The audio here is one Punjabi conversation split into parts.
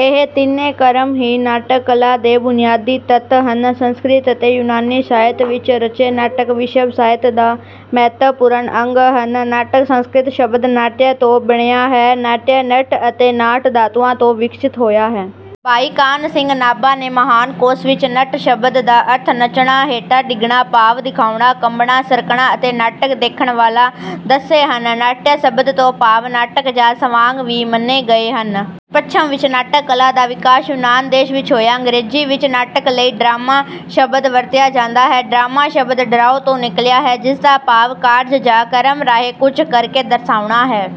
ਇਹ ਤਿੰਨੇ ਕਰਮ ਹੀ ਨਾਟਕ ਕਲਾ ਦੇ ਬੁਨਿਆਦੀ ਤੱਤ ਹਨ। ਸੰਸਕ੍ਰਿਤ ਅਤੇ ਯੂਨਾਨੀ ਸਾਹਿਤ ਵਿੱਚ ਰਚੇ ਨਾਟਕ ਵਿਸ਼ਵ ਸਾਹਿਤ ਦਾ ਮਹੱਤਵਪੂਰਨ ਅੰਗ ਹਨ। ਨਾਟਕ ਸੰਸਕ੍ਰਿਤ ਸ਼ਬਦ ਨਾਟਯ ਤੋਂ ਬਣਿਆ ਹੈ। ਨਾਟਯ ਨਟ ਅਤੇ ਨਾਟ ਧਾਤੂਆਂ ਤੋਂ ਵਿਕਸਿਤ ਹੋਇਆ ਹੈ। ਭਾਈ ਕਾਨ੍ਹ ਸਿੰਘ ਨਾਭਾ ਨੇ ਮਹਾਨ ਕੋਸ਼ ਵਿੱਚ ਨਟ ਸ਼ਬਦ ਦਾ ਅਰਥ ਨੱਚਣਾ, ਹੇਠਾਂ ਡਿੱਗਣਾ, ਭਾਵ ਦਿਖਾਉਣਾ, ਕੰਬਣਾ, ਸਰਕਣਾ ਅਤੇ ਨਾਟਕ ਦੇਖਣ ਵਾਲਾ ਦੱਸੇ ਹਨ। ਨਾਟਯ ਸ਼ਬਦ ਤੋਂ ਭਾਵ ਨਾਟਕ ਜਾਂ ਸਵਾਂਗ ਵੀ ਮੰਨੇ ਗਏ ਹਨ। ਪੱਛਮ ਵਿੱਚ ਨਾਟਕ ਕਲਾ ਦਾ ਵਿਕਾਸ ਯੂਨਾਨ ਦੇਸ਼ ਵਿੱਚ ਹੋਇਆ। ਅੰਗਰੇਜ਼ੀ ਵਿੱਚ ਨਾਟਕ ਲਈ ਡਰਾਮਾ ਸ਼ਬਦ ਵਰਤਿਆ ਜਾਂਦਾ ਹੈ। ਡਰਾਮਾ ਸ਼ਬਦ ਡਰਾਓ ਤੋਂ ਨਿਕਲਿਆ ਹੈ, ਜਿਸਦਾ ਭਾਵ ਕਾਰਜ ਜਾਂ ਕਰਮ ਰਾਹੀਂ ਕੁਝ ਕਰ ਕੇ ਦਰਸਾਉਣਾ ਹੈ।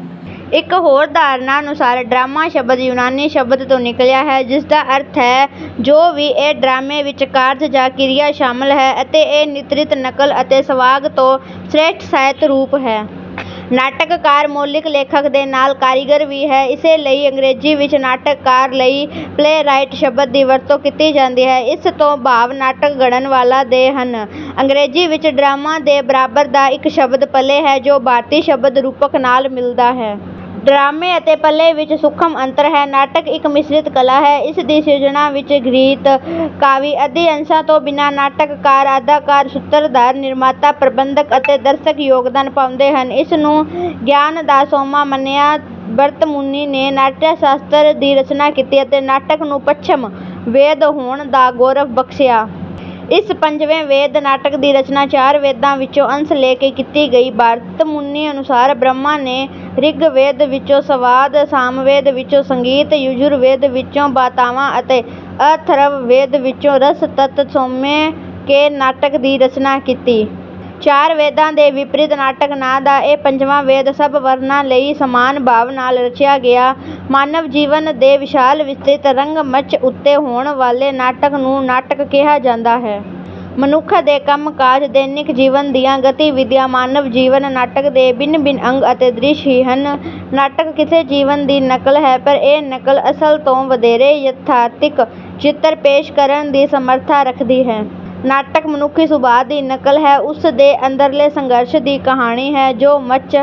ਇੱਕ ਹੋਰ ਧਾਰਨਾ ਅਨੁਸਾਰ ਡਰਾਮਾ ਸ਼ਬਦ ਯੂਨਾਨੀ ਸ਼ਬਦ ਤੋਂ ਨਿਕਲਿਆ ਹੈ, ਜਿਸਦਾ ਅਰਥ ਹੈ। ਜੋ ਵੀ ਹੈ ਡਰਾਮੇ ਵਿੱਚ ਕਾਰਜ ਜਾਂ ਕਿਰਿਆ ਸ਼ਾਮਲ ਹੈ, ਅਤੇ ਇਹ ਨ੍ਰਿਤ, ਨਕਲ ਅਤੇ ਸਵਾਂਗ ਤੋਂ ਸ੍ਰੇਸ਼ਠ ਸਾਹਿਤ ਰੂਪ ਹੈ। ਨਾਟਕਕਾਰ ਮੌਲਿਕ ਲੇਖਕ ਦੇ ਨਾਲ ਕਾਰੀਗਰ ਵੀ ਹੈ। ਇਸੇ ਲਈ ਅੰਗਰੇਜ਼ੀ ਵਿੱਚ ਨਾਟਕਾਰ ਲਈ ਪਲੇਰਾਈਟ ਸ਼ਬਦ ਦੀ ਵਰਤੋਂ ਕੀਤੀ ਜਾਂਦੀ ਹੈ। ਇਸ ਤੋਂ ਭਾਵ ਨਾਟਕ ਘੜਨ ਵਾਲਾ ਦੇ ਹਨ। ਅੰਗਰੇਜ਼ੀ ਵਿੱਚ ਡਰਾਮਾ ਦੇ ਬਰਾਬਰ ਦਾ ਇੱਕ ਸ਼ਬਦ ਪਲੇ ਹੈ, ਜੋ ਭਾਰਤੀ ਸ਼ਬਦ ਰੂਪਕ ਨਾਲ ਮਿਲਦਾ ਹੈ। ਡਰਾਮੇ ਅਤੇ ਪਲੇ ਵਿੱਚ ਸੂਖਮ ਅੰਤਰ ਹੈ। ਨਾਟਕ ਇੱਕ ਮਿਸ਼ਰਿਤ ਕਲਾ ਹੈ। ਇਸ ਦੀ ਸਿਰਜਣਾ ਵਿੱਚ ਗੀਤ, ਕਾਵਿ ਆਦਿ ਅੰਸ਼ਾਂ ਤੋਂ ਬਿਨਾਂ ਨਾਟਕਕਾਰ, ਅਦਾਕਾਰ, ਸੂਤਰਧਾਰ, ਨਿਰਮਾਤਾ, ਪ੍ਰਬੰਧਕ ਅਤੇ ਦਰਸ਼ਕ ਯੋਗਦਾਨ ਪਾਉਂਦੇ ਹਨ। ਇਸ ਨੂੰ ਗਿਆਨ ਦਾ ਸੋਮਾ ਮੰਨਿਆਂ ਭਰਤਮੁਨੀ ਨੇ ਨਾਟਯ ਸ਼ਾਸਤਰ ਦੀ ਰਚਨਾ ਕੀਤੀ, ਅਤੇ ਨਾਟਕ ਨੂੰ ਪੰਚਮ ਵੇਦ ਹੋਣ ਦਾ ਗੌਰਵ ਬਖਸ਼ਿਆ। ਇਸ ਪੰਜਵੇਂ ਵੇਦ ਨਾਟਕ ਦੀ ਰਚਨਾ ਚਾਰ ਵੇਦਾਂ ਵਿੱਚੋਂ ਅੰਸ਼ ਲੈ ਕੇ ਕੀਤੀ ਗਈ। ਭਰਤ ਮੁਨੀ ਅਨੁਸਾਰ ਬ੍ਰਹਮਾ ਨੇ ਰਿਗਵੇਦ ਵਿੱਚੋਂ ਸੰਵਾਦ, ਸਾਮਵੇਦ ਵਿੱਚੋਂ ਸੰਗੀਤ, ਯਜੁਰ ਵੇਦ ਵਿੱਚੋਂ ਬਾਤਾਵਾਂ ਅਤੇ ਅਥਰਵ ਵੇਦ ਵਿੱਚੋਂ ਰਸ ਤੱਤ ਸਮੋ ਕੇ ਨਾਟਕ ਦੀ ਰਚਨਾ ਕੀਤੀ। ਚਾਰ ਵੇਦਾਂ ਦੇ ਵਿਪਰੀਤ ਨਾਟਕ ਨਾਂ ਦਾ ਇਹ ਪੰਜਵਾਂ ਵੇਦ ਸਭ ਵਰਨਾਂ ਲਈ ਸਮਾਨ ਭਾਵ ਨਾਲ ਰਚਿਆ ਗਿਆ। ਮਾਨਵ ਜੀਵਨ ਦੇ ਵਿਸ਼ਾਲ ਵਿਸਤ੍ਰਿਤ ਰੰਗ ਮੰਚ ਉੱਤੇ ਹੋਣ ਵਾਲੇ ਨਾਟਕ ਨੂੰ ਨਾਟਕ ਕਿਹਾ ਜਾਂਦਾ ਹੈ। ਮਨੁੱਖ ਦੇ ਕੰਮ ਕਾਜ, ਦੈਨਿਕ ਜੀਵਨ ਦੀਆਂ ਗਤੀਵਿਧੀਆਂ, ਮਾਨਵ ਜੀਵਨ ਨਾਟਕ ਦੇ ਭਿੰਨ ਭਿੰਨ ਅੰਗ ਅਤੇ ਦ੍ਰਿਸ਼ ਹੀ ਹਨ। ਨਾਟਕ ਕਿਸੇ ਜੀਵਨ ਦੀ ਨਕਲ ਹੈ, ਪਰ ਇਹ ਨਕਲ ਅਸਲ ਤੋਂ ਵਧੇਰੇ ਯਥਾਰਥਿਕ ਚਿੱਤਰ ਪੇਸ਼ ਕਰਨ ਦੀ ਸਮਰੱਥਾ ਰੱਖਦੀ ਹੈ। ਨਾਟਕ ਮਨੁੱਖੀ ਸੁਭਾਅ ਦੀ ਨਕਲ ਹੈ, ਉਸ ਦੇ ਅੰਦਰਲੇ ਸੰਘਰਸ਼ ਦੀ ਕਹਾਣੀ ਹੈ, ਜੋ ਮੰਚ